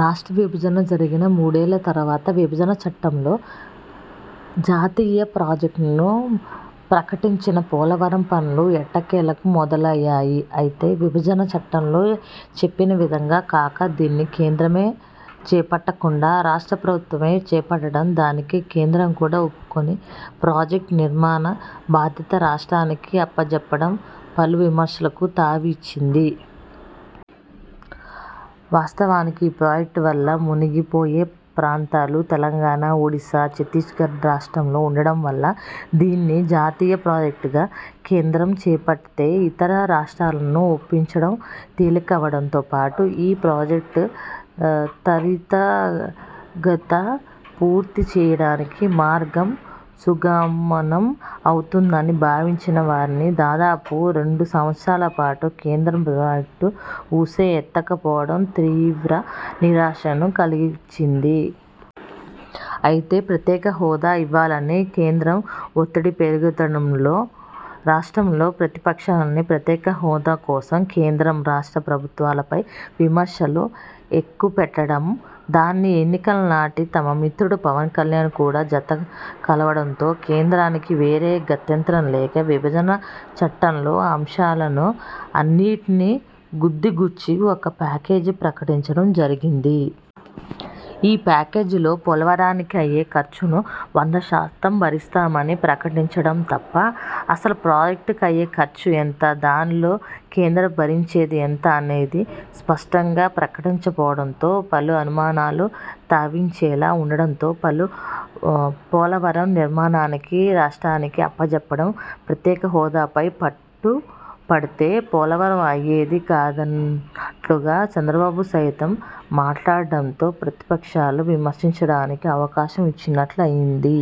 రాష్ట్ర విభజన జరిగిన మూడేళ్ళ తరవాత విభజన చట్టంలో జాతీయ ప్రాజెక్ట్గా ప్రకటించిన పోలవరం పనులు ఎట్టకేలకు మొదలు అయ్యాయి. అయితే విభజన చట్టంలో చెప్పిన విధంగా కాక, దీన్ని కేంద్రమే చేపట్టకుండా రాష్ట్ర ప్రభుత్వమే చేపడతాననడం, దానికి కేంద్రం కూడా ఒప్పుకొని- ప్రాజెక్ట్ నిర్మాణ బాధ్యత రాష్ట్రానికి అప్పచెప్పడం పలు విమర్శలకు తావు ఇచ్చింది. వాస్తవానికి, ఈ ప్రాజెక్ట్ వల్ల మునిగి పోయే ప్రాంతాలు తెలంగాణ, ఒడిశా, ఛత్తీగఢ్ రాష్ట్రాలలో ఉండడం వల్ల దీన్ని జాతీయ ప్రాజెక్ట్ గా కేంద్రం చేపడితే ఇతర రాష్ట్రాలను ఒప్పించడం తేలికవడంతో పాటు -ఈ ప్రాజెక్ట్ త్వరితగతిన పూర్తి చేయడానికి మార్గం సుగమం అవుతుందని భావించిన వారికి దాదాపు రెండు సంవత్సరాల పాటు కేంద్రం ప్రాజెక్ట్ ఊసే ఎత్తక పోవడం తీవ్ర నిరాశను కలిగించింది. అయితే ప్రత్యేక హోదా ఇవ్వాలని కేంద్రం వత్తిడి పెరుగుతుండడం, రాష్ట్రంలోప్రతిపక్షాలన్నీ ప్రత్యేక హోదా కోసం కేంద్రం, రాష్ట్ర ప్రభుత్వాలపై విమర్శలు ఎక్కుపెడుతుండడం, దానికి ఎన్నికల నాటి తమ మిత్రుడు పవన్ కళ్యాణ్ కూడా జత కలవడంతో, కేంద్రాన్ని వేరే గత్యంతరం లేక విభజన చట్టాలలో అంశాలను అన్నింటిని గుదిగుచ్చి ఒక ప్యాకేజీ ప్రకటించడం జరిగింది. ఈ ప్యాకేజీలో పోలవరానికి అయ్యే ఖర్చును వందశాతం భరిస్తామని ప్రకటించడం తప్ప, అసలు ప్రాజెక్్ట్కు అయ్యే ఖర్చు ఎంత- దానిలో కేంద్రం భరించేది ఎంత అనేది స్పష్టంగా ప్రకటించకపోవడం పలు అనుమానాలకు తావిచ్చేలా ఉండడంతో పాటు పోలవరం నిర్మాణాన్ని రాష్ట్రానికి అప్పచెప్పడం ప్రత్యేకహోదాపై పట్టు పడితే పోలవరం అయ్యేది కాదన్నట్లు చంద్రబాబు సైతం మాట్లాడడంతో ప్రతిపక్షాలు విమర్శించడానికి అవకాశం ఇచ్చినట్లు అయ్యింది.